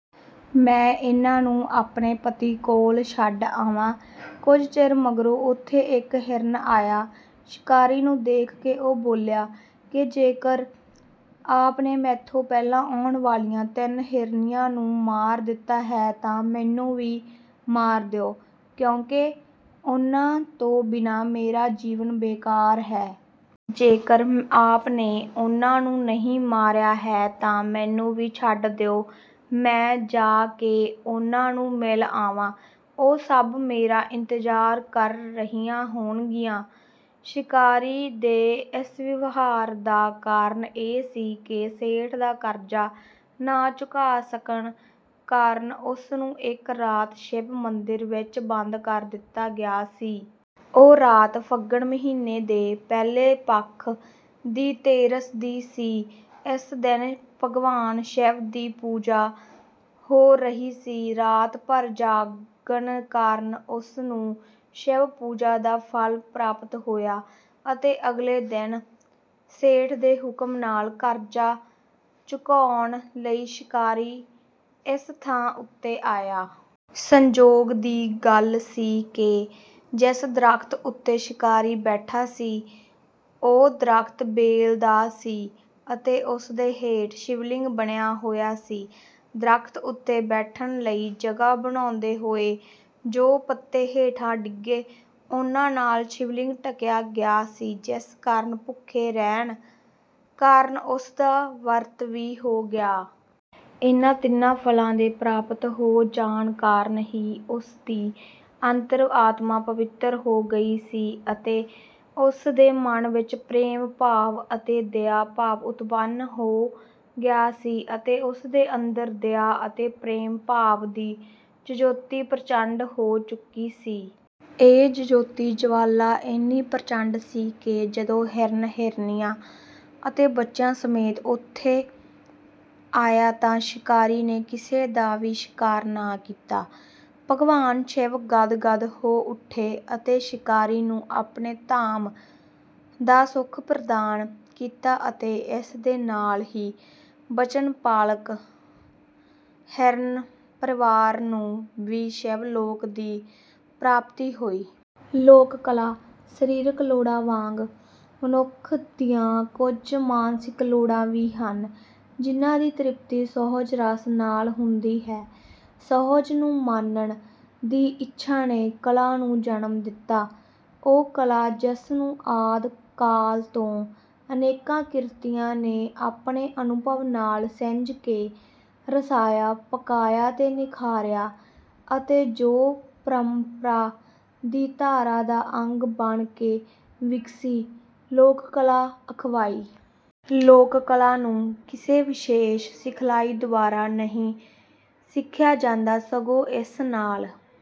ਮੈਂ ਇਨ੍ਹਾਂ ਨੂੰ ਆਪਣੇ ਪਤੀ ਕੋਲ ਛੱਡ ਆਵਾਂ। ਕੁਝ ਚਿਰ ਮਗਰੋਂ ਉਥੇ ਇੱਕ ਹਿਰਨ ਆਇਆ ਸ਼ਿਕਾਰੀ ਨੂੰ ਦੇਖ ਕੇ ਉਹ ਬੋਲਿਆ ਕਿ ਜੇਕਰ ਆਪ ਨੇ ਮੈਥੋਂ ਪਹਿਲਾਂ ਆਉਣ ਵਾਲੀਆਂ ਤਿੰਨ ਹਿਰਨੀਆਂ ਨੂੰ ਮਾਰ ਦਿੱਤਾ ਹੈ ਤਾਂ ਮੈਨੂੰ ਵੀ ਮਾਰ ਦਿਓ ਕਿਉਂਕਿ ਉਨ੍ਹਾਂ ਤੋਂ ਬਿਨਾਂ ਮੇਰਾ ਜੀਵਨ ਬੇਕਾਰ ਹੈ। ਜੇਕਰ ਆਪ ਨੇ ਉਨ੍ਹਾਂ ਨੂੰ ਨਹੀਂ ਮਾਰਿਆ ਹੈ ਤਾਂ ਮੈਨੂੰ ਵੀ ਛੱਡ ਦਿਓ, ਮੈਂ ਜਾ ਕੇ ਉਨ੍ਹਾਂ ਨੂੰ ਮਿਲ ਆਵਾਂ, ਉਹ ਸਭ ਮੇਰਾ ਇੰਤਜ਼ਾਰ ਕਰ ਰਹੀਆਂ ਹੋਣਗੀਆਂ। ਸ਼ਿਕਾਰੀ ਦੇ ਇਸ ਵਿਵਹਾਰ ਦਾ ਕਾਰਨ ਇਹ ਸੀ ਕਿ ਸੇਠ ਦਾ ਕਰਜ਼ਾ ਨਾ ਚੁਕਾ ਸਕਣ ਕਾਰਨ ਉਸ ਨੂੰ ਇੱਕ ਰਾਤ ਸ਼ਿਵ ਮੰਦਿਰ ਵਿੱਚ ਬੰਦ ਕਰ ਦਿੱਤਾ ਗਿਆ ਸੀ। ਉਹ ਰਾਤ ਫੱਗਣ ਮਹੀਨੇ ਦੇ ਪਹਿਲੇ ਪੱਖ ਦੀ ਤੇਰਸ ਦੀ ਸੀ। ਇਸ ਦਿਨ ਭਗਵਾਨ ਸ਼ਿਵ ਦੀ ਪੂਜਾ ਹੋ ਰਹੀ ਸੀ। ਰਾਤ ਭਰ ਜਾਗਣ ਕਾਰਨ ਉਸ ਨੂੰ ਸ਼ਿਵ ਪੂਜਾ ਦਾ ਫਲ ਪ੍ਰਾਪਤ ਹੋਇਆ ਅਤੇ ਅਗਲੇ ਦਿਨ ਸੇਠ ਦੇ ਹੁਕਮ ਨਾਲ ਕਰਜ਼ਾ ਚੁਕਾਉਣ ਲਈ ਸ਼ਿਕਾਰੀ ਇਸ ਥਾਂ ਉੱਤੇ ਆਇਆ। ਸੰਯੋਗ ਦੀ ਗੱਲ ਸੀ ਕਿ ਜਿਸ ਦਰੱਖਤ ਉੱਤੇ ਸ਼ਿਕਾਰੀ ਬੈਠਾ ਸੀ, ਉਹ ਦਰੱਖਤ ਬੇਲ ਦਾ ਸੀ ਅਤੇ ਉਸ ਦੇ ਹੇਠ ਸ਼ਿਵਲਿੰਗ ਬਣਿਆ ਹੋਇਆ ਸੀ। ਦਰੱਖਤ ਉੱਤੇ ਬੈਠਣ ਲਈ ਜਗ੍ਹਾ ਬਣਾਉਂਦੇ ਹੋਏ ਜੋ ਪੱਤੇ ਹੇਠਾਂ ਡਿੱਗੇ, ਉਨ੍ਹਾਂ ਨਾਲ ਸ਼ਿਵਲਿੰਗ ਢਕਿਆ ਗਿਆ ਸੀ, ਜਿਸ ਕਾਰਨ ਭੁੱਖੇ ਰਹਿਣ ਕਾਰਨ ਉਸ ਦਾ ਵਰਤ ਵੀ ਹੋ ਗਿਆ। ਇਨ੍ਹਾਂ ਤਿੰਨਾਂ ਫਲਾਂ ਦੇ ਪ੍ਰਾਪਤ ਹੋ ਜਾਣ ਕਾਰਨ ਹੀ ਉਸ ਦੀ ਅੰਤਰ-ਆਤਮਾ ਪਵਿੱਤਰ ਹੋ ਗਈ ਸੀ ਅਤੇ ਉਸ ਦੇ ਮਨ ਵਿੱਚ ਪ੍ਰੇਮ ਭਾਵ ਅਤੇ ਦਿਆ ਭਾਵ ਉਤਪੰਨ ਹੋ ਗਿਆ ਸੀ ਅਤੇ ਉਸ ਦੇ ਅੰਦਰ ਦਿਆ ਅਤੇ ਪ੍ਰੇਮ ਭਾਵ ਦੀ ਜਯੋਤੀ ਪ੍ਰਚੰਡ ਹੋ ਚੁੱਕੀ ਸੀ। ਇਹ ਜਯੋਤੀ ਜਵਾਲਾ ਇੰਨੀ ਪ੍ਰਚੰਡ ਸੀ ਕਿ ਜਦੋਂ ਹਿਰਨ ਹਿਰਨੀਆਂ ਅਤੇ ਬੱਚਿਆਂ ਸਮੇਤ ਉਥੇ ਆਇਆ ਤਾਂ ਸ਼ਿਕਾਰੀ ਨੇ ਕਿਸੇ ਦਾ ਵੀ ਸ਼ਿਕਾਰ ਨਾ ਕੀਤਾ। ਭਗਵਾਨ ਸ਼ਿਵ ਗਦ-ਗਦ ਹੋ ਉੱਠੇ ਅਤੇ ਸ਼ਿਕਾਰੀ ਨੂੰ ਆਪਣੇ ਧਾਮ ਦਾ ਸੁੱਖ ਪ੍ਰਦਾਨ ਕੀਤਾ ਅਤੇ ਇਸ ਦੇ ਨਾਲ ਹੀ ਬਚਨ ਪਾਲਕ ਹਿਰਨ ਪਰਿਵਾਰ ਨੂੰ ਵੀ ਸ਼ਿਵ ਲੋਕ ਦੀ ਪ੍ਰਾਪਤੀ ਹੋਈ। ਲੋਕ ਕਲਾ ਸਰੀਰਕ ਲੋੜਾਂ ਵਾਂਗ, ਮਨੁੱਖ ਦੀਆਂ ਕੁਝ ਮਾਨਸਿਕ ਲੋੜਾਂ ਵੀ ਹਨ, ਜਿਨ੍ਹਾਂ ਦੀ ਤ੍ਰਿਪਤੀ ਸੁਹਜ ਰਸ ਨਾਲ ਹੁੰਦੀ ਹੈ। ਸੁਹਜ ਨੂੰ ਮਾਨਣ ਦੀ ਇੱਛਾ ਨੇ ਕਲਾ ਨੂੰ ਜਨਮ ਦਿੱਤਾ। ਉਹ ਕਲਾ, ਜਿਸ ਨੂੰ ਆਦਿ ਕਾਲ ਤੋਂ ਅਨੇਕਾਂ ਕਿਰਤੀਆਂ ਨੇ ਆਪਣੇ ਅਨੁਭਵ ਨਾਲ ਸਿੰਜ ਕੇ ਰਸਾਇਆ, ਪਕਾਇਆ ਤੇ ਨਿਖਾਰਿਆ ਅਤੇ ਜੋ ਪਰੰਪਰਾਂ ਦੀ ਧਾਰਾ ਦਾ ਅੰਗ ਬਣ ਕੇ ਵਿਗਸੀ, ਲੋਕ ਕਲਾ ਅਖਵਾਈ। ਲੋਕ ਕਲਾ ਨੂੰ ਕਿਸੇ ਵਿਸ਼ੇਸ ਸਿਖਲਾਈ ਦੁਆਰਾ ਨਹੀਂ ਸਿੱਖਿਆ ਜਾਂਦਾ ਸਗੋਂ ਇਸ ਨਾਲ